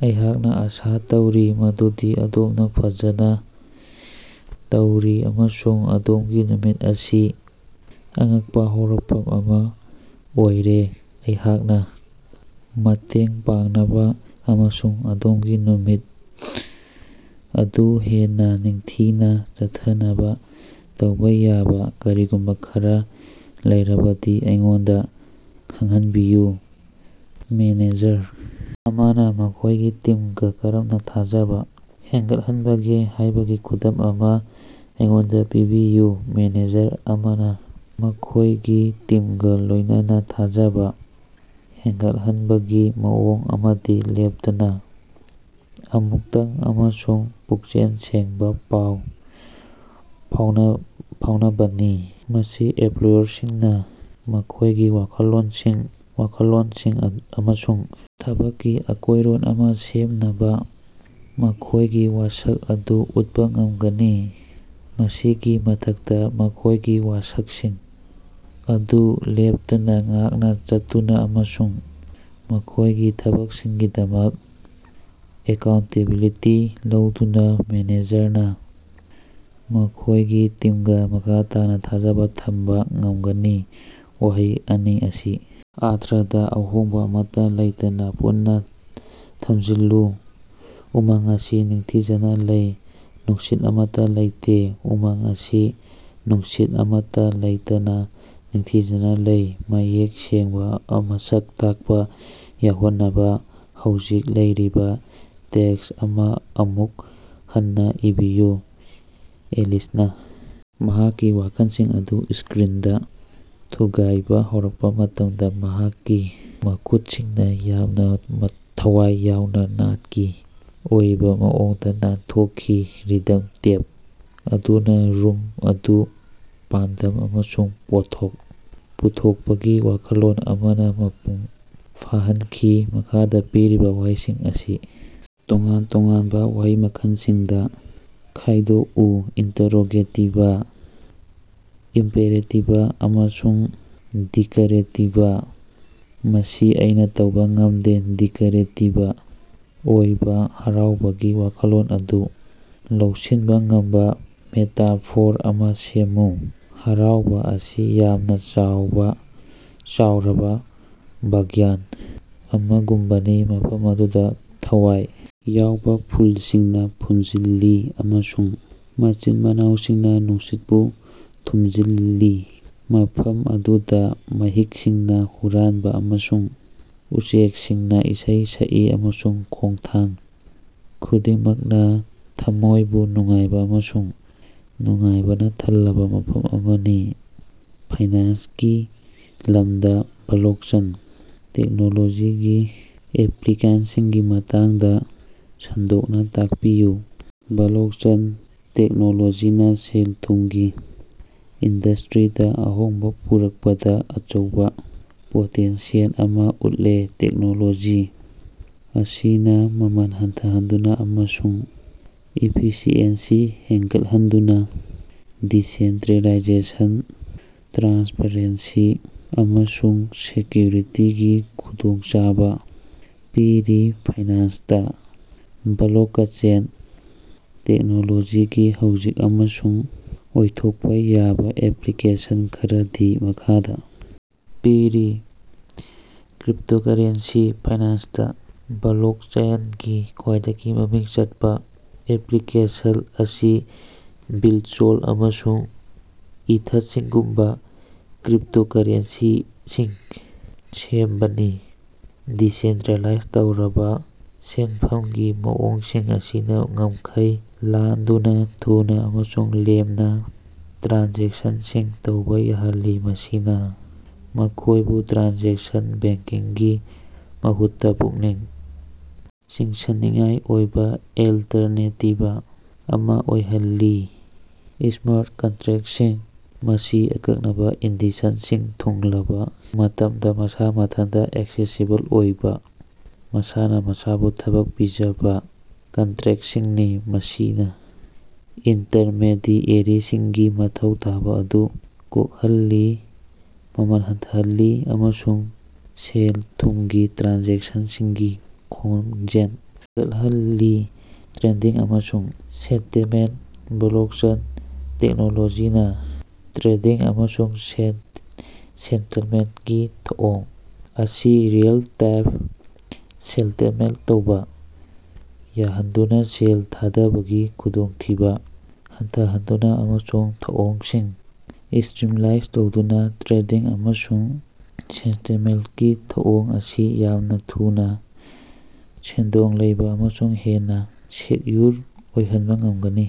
ꯑꯩꯍꯥꯛꯅ ꯑꯥꯁꯥ ꯇꯧꯔꯤ ꯃꯗꯨꯗꯤ ꯑꯗꯣꯝꯅ ꯐꯖꯅ ꯇꯧꯔꯤ ꯑꯃꯁꯨꯡ ꯑꯗꯣꯝꯒꯤ ꯅꯨꯃꯤꯠ ꯑꯁꯤ ꯑꯉꯛꯄ ꯍꯧꯔꯛꯐꯝ ꯑꯃ ꯑꯣꯏꯔꯦ꯫ ꯑꯩꯍꯥꯛꯅ ꯃꯇꯦꯡ ꯄꯥꯡꯅꯕ ꯑꯃꯁꯨꯡ ꯑꯗꯣꯝꯒꯤ ꯅꯨꯃꯤꯠ ꯑꯗꯨ ꯍꯦꯟꯅ ꯅꯤꯡꯊꯤꯅ ꯆꯠꯊꯅꯕ ꯇꯧꯕ ꯌꯥꯕ ꯀꯔꯤꯒꯨꯝꯕ ꯈꯔ ꯂꯩꯔꯕꯗꯤ ꯑꯩꯉꯣꯟꯗ ꯈꯪꯍꯟꯕꯤꯌꯨ꯫ ꯃꯦꯅꯦꯖꯔ ꯑꯃꯅ ꯃꯈꯣꯏꯒꯤ ꯇꯤꯝꯒ ꯀꯔꯝꯅ ꯊꯥꯖꯕ ꯍꯦꯟꯒꯠꯍꯟꯕꯒꯦ ꯍꯥꯏꯕꯒꯤ ꯈꯨꯗꯝ ꯑꯃ ꯑꯩꯉꯣꯟꯗ ꯄꯤꯕꯤꯌꯨ꯫ ꯃꯦꯅꯦꯖꯔ ꯑꯃꯅ ꯃꯈꯣꯏꯒꯤ ꯇꯤꯝꯒ ꯂꯣꯏꯅꯅ ꯊꯥꯖꯕ ꯍꯦꯟꯒꯠꯍꯟꯕꯒꯤ ꯃꯑꯣꯡ ꯑꯃꯗꯤ ꯂꯦꯞꯇꯅ ꯑꯃꯨꯛꯇꯪ ꯑꯃꯁꯨꯡ ꯄꯨꯛꯆꯦꯜ ꯁꯦꯡꯕ ꯄꯥꯎ ꯐꯥꯎꯅꯕꯅꯤ꯫ ꯃꯁꯤ ꯑꯦꯝꯄ꯭ꯂꯣꯌꯔꯁꯤꯡꯅ ꯃꯈꯣꯏꯒꯤ ꯋꯥꯈꯜꯂꯣꯟꯁꯤꯡ, ꯋꯥꯈꯜꯂꯣꯟꯁꯤꯡ ꯑꯃꯁꯨꯡ ꯊꯕꯛꯀꯤ ꯑꯀꯣꯏꯔꯣꯟ ꯑꯃ ꯁꯦꯝꯅꯕ ꯃꯈꯣꯏꯒꯤ ꯋꯥꯁꯛ ꯑꯗꯨ ꯎꯠꯄ ꯉꯝꯒꯅꯤ꯫ ꯃꯁꯤꯒꯤ ꯃꯊꯛꯇ, ꯃꯈꯣꯏꯒꯤ ꯋꯥꯁꯛꯁꯤꯡ ꯑꯗꯨ ꯂꯦꯞꯇꯅ ꯉꯥꯛꯅ ꯆꯠꯇꯨꯅ ꯑꯃꯁꯨꯡ ꯃꯈꯣꯏꯒꯤ ꯊꯕꯛꯁꯤꯡꯒꯤꯗꯃꯛ ꯑꯦꯀꯥꯎꯟꯇꯦꯕꯤꯂꯤꯇꯤ ꯂꯧꯗꯨꯅ, ꯃꯦꯅꯦꯖꯔꯅ ꯃꯈꯣꯏꯒꯤ ꯇꯤꯝꯒ ꯃꯈꯥ ꯇꯥꯅ ꯊꯥꯖꯕ ꯊꯝꯕ ꯉꯝꯒꯅꯤ꯫ ꯋꯥꯍꯩ ꯑꯅꯤ ꯑꯁꯤ ꯑꯔꯊꯗ ꯑꯍꯣꯡꯕ ꯑꯃꯠꯇ ꯂꯩꯇꯅ ꯄꯨꯟꯅ ꯊꯝꯖꯤꯜꯂꯨ꯫ ꯎꯃꯪ ꯑꯁꯤ ꯅꯤꯡꯊꯤꯖꯅ ꯂꯩ꯫ ꯅꯨꯡꯁꯤꯠ ꯑꯃꯠꯇ ꯂꯩꯇꯦ꯫ ꯎꯃꯪ ꯑꯁꯤ ꯅꯨꯡꯁꯤꯠ ꯑꯃꯠꯇ ꯂꯩꯇꯅ ꯅꯤꯡꯊꯤꯖꯅ ꯂꯩ꯫ ꯃꯌꯦꯛ ꯁꯦꯡꯕ ꯃꯁꯛ ꯇꯥꯛꯄ ꯌꯥꯎꯍꯟꯅꯕ ꯍꯧꯖꯤꯛ ꯂꯩꯔꯤꯕ ꯇꯦꯛꯁ ꯑꯃ ꯑꯃꯨꯛ ꯍꯟꯅ ꯏꯕꯤꯌꯨ꯫ ꯑꯦꯂꯤꯁꯅ ꯃꯍꯥꯛꯀꯤ ꯋꯥꯈꯜꯁꯤꯡ ꯑꯗꯨ ꯁ꯭ꯀꯔꯤꯟꯗ ꯊꯨꯒꯥꯏꯕ ꯍꯧꯔꯛꯄ ꯃꯇꯝꯗ ꯃꯍꯥꯛꯀꯤ ꯃꯈꯨꯠꯁꯤꯡꯅ ꯌꯥꯝꯅ ꯊꯋꯥꯏ ꯌꯥꯎꯅ ꯅꯥꯠꯀꯤ ꯑꯣꯏꯕ ꯃꯑꯣꯡꯗ ꯅꯥꯟꯊꯣꯛꯈꯤ, ꯔꯤꯗꯝ ꯇꯦꯞ ꯑꯗꯨꯅ ꯔꯨꯝ ꯑꯗꯨ ꯄꯥꯟꯗꯝ ꯑꯃꯁꯨꯡ ꯄꯣꯠꯊꯣꯛ ꯄꯨꯊꯣꯛꯄꯒꯤ ꯋꯥꯈꯜꯂꯣꯟ ꯑꯃꯅ ꯃꯄꯨꯡ ꯐꯥꯍꯟꯈꯤ꯫ ꯃꯈꯥꯗ ꯄꯤꯔꯤꯕ ꯋꯥꯍꯩꯁꯤꯡ ꯑꯁꯤ ꯇꯣꯉꯥꯟ ꯇꯣꯉꯥꯟꯕ ꯋꯥꯍꯩ ꯃꯈꯜꯁꯤꯡꯗ ꯈꯥꯏꯗꯣꯛꯎ ꯏꯟꯇꯔꯔꯣꯒꯦꯇꯤꯕ, ꯏꯝꯄꯦꯔꯦꯇꯤꯕ, ꯑꯃꯁꯨꯡ ꯗꯤꯀ꯭ꯂꯔꯦꯇꯤꯕ꯫ ꯃꯁꯤ ꯑꯩꯅ ꯇꯧꯕ ꯉꯝꯗꯦ꯫ ꯗꯤꯀ꯭ꯂꯔꯦꯇꯤꯕ ꯑꯣꯏꯕ꯫ ꯍꯔꯥꯎꯕꯒꯤ ꯋꯥꯈꯜꯂꯣꯟ ꯑꯗꯨ ꯂꯧꯁꯤꯟꯕ ꯉꯝꯕ ꯃꯦꯇꯥꯐꯣꯔ ꯑꯃ ꯁꯦꯝꯃꯨ꯫ ꯍꯔꯥꯎꯕ ꯑꯁꯤ ꯌꯥꯝꯅ ꯆꯥꯎꯕ ꯆꯥꯎꯔꯕ ꯕꯒꯥꯟ ꯑꯃꯒꯨꯝꯕꯅꯤ, ꯃꯐꯝ ꯑꯗꯨꯗ ꯊꯋꯥꯏ ꯌꯥꯎꯕ ꯐꯨꯜꯁꯤꯡꯅ ꯐꯨꯝꯖꯤꯜꯂꯤ ꯑꯃꯁꯨꯡ ꯃꯆꯤꯟ-ꯃꯅꯥꯎꯁꯤꯡꯅ ꯅꯨꯡꯁꯤꯠꯄꯨ ꯊꯨꯝꯖꯤꯜꯂꯤ, ꯃꯐꯝ ꯑꯗꯨꯗ ꯃꯍꯤꯛꯁꯤꯡꯅ ꯍꯨꯔꯥꯟꯕ ꯑꯃꯁꯨꯡ ꯎꯆꯦꯛꯁꯤꯡꯅ ꯏꯁꯩ ꯁꯛꯏ, ꯑꯃꯁꯨꯡ ꯈꯣꯡꯊꯥꯡ ꯈꯨꯗꯤꯡꯃꯛꯅ ꯊꯝꯃꯣꯏꯕꯨ ꯅꯨꯡꯉꯥꯏꯕ ꯑꯃꯁꯨꯡ ꯅꯨꯡꯉꯥꯏꯕꯅ ꯊꯜꯂꯕ ꯃꯐꯝ ꯑꯃꯅꯤ꯫ ꯐꯥꯏꯅꯥꯟꯁꯀꯤ ꯂꯝꯗ ꯕ꯭ꯂꯣꯛꯆꯦꯟ ꯇꯦꯛꯅꯣꯂꯣꯖꯤꯒꯤ ꯑꯦꯄ꯭ꯂꯤꯀꯦꯁꯟꯒꯤ ꯃꯇꯥꯡꯗ ꯁꯟꯗꯣꯛꯅ ꯇꯥꯛꯄꯤꯌꯨ꯫ ꯕ꯭ꯂꯣꯛꯆꯦꯟ ꯇꯦꯛꯅꯣꯂꯣꯖꯤꯅ ꯁꯦꯜ-ꯊꯨꯝꯒꯤ ꯏꯟꯗꯁꯇ꯭ꯔꯤꯗ ꯑꯍꯣꯡꯕ ꯄꯨꯔꯛꯄꯗ ꯑꯆꯧꯕ ꯄꯣꯇꯦꯟꯁꯤꯌꯦꯜ ꯑꯃ ꯎꯠꯂꯦ꯫ ꯇꯦꯛꯅꯣꯂꯣꯖꯤ ꯑꯁꯤꯅ ꯃꯃꯜ ꯍꯟꯊꯍꯟꯗꯨꯅ ꯑꯃꯁꯨꯡ ꯏꯐꯤꯁꯤꯑꯦꯟꯁꯤ ꯍꯦꯟꯒꯠꯍꯟꯗꯨꯅ ꯗꯤꯁꯦꯟꯇ꯭ꯔꯦꯂꯥꯏꯖꯦꯁꯟ, ꯇ꯭ꯔꯥꯟꯁꯄꯔꯦꯟꯁꯤ, ꯑꯃꯁꯨꯡ ꯁꯦꯀ꯭ꯌꯨꯔꯤꯇꯤꯒꯤ ꯈꯨꯗꯣꯡꯆꯥꯕ ꯄꯤꯔꯤ꯫ ꯐꯥꯏꯅꯥꯟꯁꯇ ꯕ꯭ꯂꯣꯀꯆꯦꯟ ꯇꯦꯛꯅꯣꯂꯣꯖꯤꯒꯤ ꯍꯧꯖꯤꯛ ꯑꯃꯁꯨꯡ ꯑꯣꯏꯊꯣꯛꯄ ꯌꯥꯕ ꯑꯦꯄ꯭ꯂꯤꯀꯦꯁꯟ ꯈꯔꯗꯤ ꯃꯈꯥꯗ ꯄꯤꯔꯤ꯫ ꯀ꯭ꯔꯤꯞꯇꯣꯀꯔꯦꯟꯁꯤ: ꯐꯥꯏꯅꯥꯟꯁꯇ ꯕ꯭ꯂꯣꯛꯆꯦꯟꯒꯤ ꯈ꯭ꯋꯥꯏꯗꯒꯤ ꯃꯃꯤꯡ ꯆꯠꯄ ꯑꯦꯄ꯭ꯂꯤꯀꯦꯁꯟ ꯑꯁꯤ ꯕꯤꯠꯆꯣꯟ ꯑꯃꯁꯨꯡ ꯏꯊꯠꯁꯤꯡꯒꯨꯝꯕ ꯀ꯭ꯔꯤꯞꯇꯣꯀꯔꯦꯟꯁꯤꯁꯤꯡ ꯁꯦꯝꯕꯅꯤ꯫ ꯗꯤꯁꯦꯟꯇ꯭ꯔꯦꯂꯥꯏꯖ ꯇꯧꯔꯕ ꯁꯦꯟꯐꯝꯒꯤ ꯃꯑꯣꯡꯁꯤꯡ ꯑꯁꯤꯅ ꯉꯝꯈꯩ ꯂꯥꯟꯗꯨꯅ ꯊꯨꯅ ꯑꯃꯁꯨꯡ ꯂꯦꯝꯅ ꯇ꯭ꯔꯥꯟꯖꯦꯛꯁꯟꯁꯤꯡ ꯇꯧꯕ ꯌꯥꯍꯜꯂꯤ, ꯃꯁꯤꯅ ꯃꯈꯣꯏꯕꯨ ꯇ꯭ꯔꯦꯗꯤꯁꯅꯦꯜ ꯕꯦꯡꯛꯀꯤꯡꯒꯤ ꯃꯍꯨꯠꯇ ꯄꯨꯛꯅꯤꯡ ꯆꯤꯡꯁꯤꯟꯅꯤꯡꯉꯥꯏ ꯑꯣꯏꯕ ꯑꯜꯇꯔꯅꯦꯇꯤꯕ ꯑꯃ ꯑꯣꯏꯍꯜꯂꯤ꯫ ꯁ꯭ꯃꯥꯔꯠ ꯀꯟꯇ꯭ꯔꯦꯛꯁꯤꯡ: ꯃꯁꯤ ꯑꯀꯛꯅꯕ ꯀꯟꯗꯤꯁꯟꯁꯤꯡ ꯊꯨꯡꯂꯕ ꯃꯇꯝꯗ ꯃꯁꯥ ꯃꯊꯟꯇ ꯑꯦꯛꯁꯦꯁꯤꯕꯜ ꯑꯣꯏꯕ ꯃꯁꯥꯅ ꯃꯁꯥꯕꯨ ꯊꯕꯛ ꯄꯤꯖꯕ ꯀꯟꯇ꯭ꯔꯦꯛꯁꯤꯡꯅꯤ꯫ ꯃꯁꯤꯅ ꯏꯟꯇꯔꯃꯦꯗꯤꯑꯦꯔꯤꯁꯤꯡꯒꯤ ꯃꯊꯧ ꯇꯥꯕ ꯑꯗꯨ ꯀꯣꯛꯍꯜꯂꯤ, ꯃꯃꯜ ꯍꯟꯊꯍꯜꯂꯤ ꯑꯃꯁꯨꯡ ꯁꯦꯜ-ꯊꯨꯝꯒꯤ ꯇ꯭ꯔꯥꯟꯖꯦꯛꯁꯟꯁꯤꯡꯒꯤ ꯈꯣꯡꯖꯦꯜ ꯍꯦꯟꯒꯠꯍꯜꯂꯤ꯫ ꯇ꯭ꯔꯦꯗꯤꯡ ꯑꯃꯁꯨꯡ ꯁꯦꯇꯜꯃꯦꯟꯠ: ꯕ꯭ꯂꯣꯛꯆꯦꯟ ꯇꯦꯛꯅꯣꯂꯣꯖꯤꯅ ꯇ꯭ꯔꯦꯗꯤꯡ ꯑꯃꯁꯨꯡ ꯁꯦꯜ ꯁꯦꯇꯜꯃꯦꯟꯠꯀꯤ ꯊꯧꯑꯣꯡ ꯑꯁꯤ ꯔꯤꯑꯦꯜ-ꯇꯥꯏꯝ ꯁꯦꯇꯜꯃꯦꯟꯠ ꯇꯧꯕ ꯌꯥꯍꯟꯗꯨꯅ, ꯁꯦꯜ ꯊꯥꯗꯕꯒꯤ ꯈꯨꯗꯣꯡꯊꯤꯕ ꯍꯟꯊꯍꯟꯗꯨꯅ ꯑꯃꯁꯨꯡ ꯊꯧꯑꯣꯡꯁꯤꯡ ꯁ꯭ꯇꯔꯤꯝꯂꯥꯏꯟ ꯇꯧꯗꯨꯅ ꯇ꯭ꯔꯦꯗꯤꯡ ꯑꯃꯁꯨꯡ ꯁꯦꯇꯜꯃꯦꯟꯠꯀꯤ ꯊꯧꯑꯣꯡ ꯑꯁꯤ ꯌꯥꯝꯅ ꯊꯨꯅ, ꯁꯦꯟꯗꯣꯡ ꯂꯩꯕ ꯑꯃꯁꯨꯡ ꯍꯦꯟꯅ ꯁꯦꯛꯌꯨꯔ ꯑꯣꯏꯍꯟꯕ ꯉꯝꯒꯅꯤ꯫